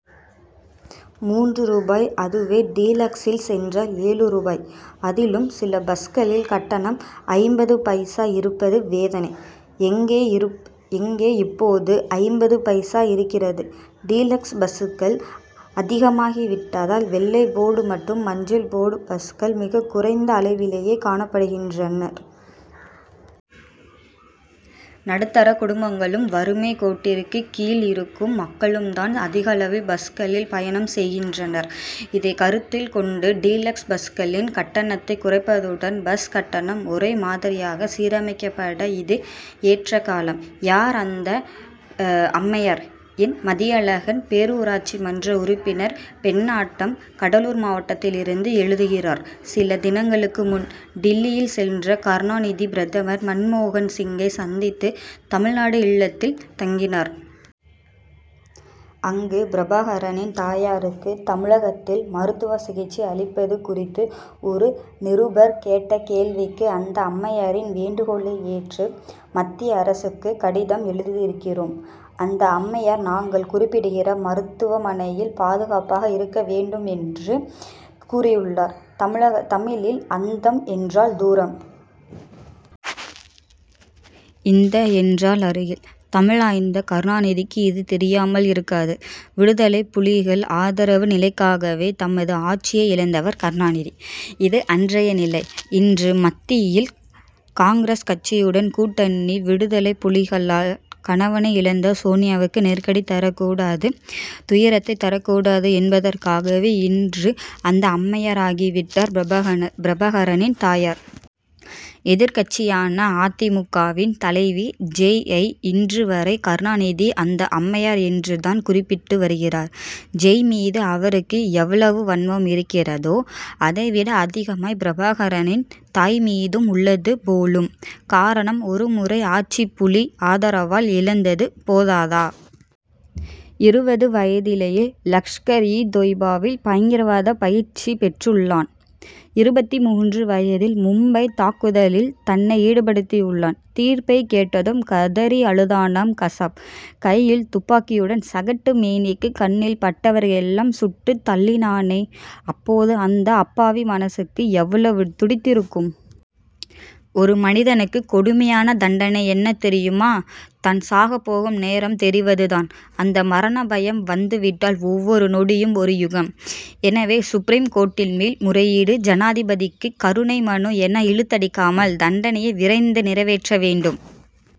மூன்று ரூபாய் அதுவே டீலக்சில் சென்றால் ஏழு ரூபாய். அதிலும் சில பஸ்களில் கட்டணம் ஐம்பது பைசா இருப்பது வேதனை. எங்கே இப்போது ஐம்பது பைசா இருக்கிறது? டீலக்ஸ் பஸ்ஸீகள் அதிகமாகி விட்டதால் வெள்ளை போர்டு மற்றும் மஞ்சள் போர்டு பஸ்கள் மிகக்குறைந்த அளவிலே காணப்படுகின்றன. நடுத்தர குடும்பங்களும் வறுமைக் கோட்டிற்கு கீழ் இருக்கும் மக்களும் தான் அதிகளவில் பஸ்களில் பயணம் செய்கின்றனர். இதை கருத்தில் கொண்டு டீலக்ஸ் பஸ்களின் கட்டணத்தை குறைப்பதுடன் பஸ் கட்டணம் ஒரே மாதிரியாக சீரமைக்கப்பட இது ஏற்ற காலம். யார் அந்த அம்மையார்? என். மதியழகன் பேரூராட்சி மன்ற உறுப்பினர் பெண்ணாடம் கடலூர் மாவட்டத்திலிருந்து எழுதுகிறார் சில தினங்களுக்கு முன் டில்லியில் சென்ற கருணாநிதி பிரதமர் மன்மோகன் சிங்கை சந்தித்து தமிழ்நாடு இல்லத்தில் தங்கினார். அங்கு பிரபாகரனின் தாயாருக்கு தமிழகத்தில் மருத்துவ சிகிச்சை அளிப்பது குறித்து ஒரு நிருபர் கேட்ட கேள்விக்கு அந்த அம்மையாரின் வேண்டுகோளை ஏற்று மத்திய அரசுக்கு கடிதம் எழுதியிருக்கிறோம். அந்த அம்மையார் நாங்கள் குறிப்பிடுகிற மருத்துவமனையில் பாதுகாப்பாக இருக்க வேண்டும் என்று கூறியுள்ளார். தமிழில் அந்தம் என்றால் தூரம். இந்த என்றால் அருகில். தமிழாய்ந்த கருணாநிதிக்கு இது தெரியாமல் இருக்காது. விடுதலைப் புலிகள் ஆதரவு நிலைக்காகவே தமது ஆட்சியை இழந்தவர் கருணாநிதி இது அன்றைய நிலை. இன்று மத்தியில் காங்கிரஸ் கட்சியுடன் கூட்டணி விடுதலைப் புலிகளால் கணவனை இழந்த சோனியாவுக்கு நெருக்கடி தரக் கூடாது துயரத்தை தரக் கூடாது என்பதற்காகவே இன்று அந்த அம்மையாராகி விட்டார் பிரபாகரனின் தாயார். எதிர்க்கட்சியான அ. தி. மு. க.வின் தலைவி ஜெ.யை இன்று வரை கருணாநிதி அந்த அம்மையார் என்று தான் குறிப்பிட் டு வருகிறார். ஜெ. மீது அவருக்கு எவ்வளவு வன்மம் இருக்கிறதோ அதைவிட அதிகமாய் பிரபாகரனின் தாய் மீதும் உள்ளது போலும். காரணம் ஒருமுறை ஆட்சி புலி ஆதரவால் இழந்தது போதாதா? இருபது வயதிலேயே லஷ்கர் இ தொய் பாவில் பயங்கரவாத பயிற்சிப் பெற்றுள்ளான். இருபத்து மூன்று வயதில் மும்பை தாக்குதலில் தன்னை ஈடுபடுத்தியுள்ளான். தீர்ப்பைக் கேட்டதும் கதறி அழுதானாம் கசாப். கையில் துப்பாக்கியுடன் சகட்டு மேனிக்கு கண்ணில் பட்டவர்களை எல்லாம் சுட்டு தள்ளினானே அப்போது அந்த அப்பாவி மனசுக்கு எவ்வளவு துடித்திருக்கும். ஒரு மனிதனுக்கு கொடுமையான தண்டனை என்ன தெரியுமா? தான் சாக போகும் நேரம் தெரிவது தான். அந்த மரணபயம் வந்து விட்டால் ஒவ்வொரு நொடியும் ஒரு யுகம். எனவே சுப்ரீம் கோர்ட்டில் மேல் முறையீடு ஜனாதிபதிக்கு கருணை மனு என இழுத்தடிக்காமல் தண்டனையை விரைந்து நிறைவேற்ற வேண்டும்.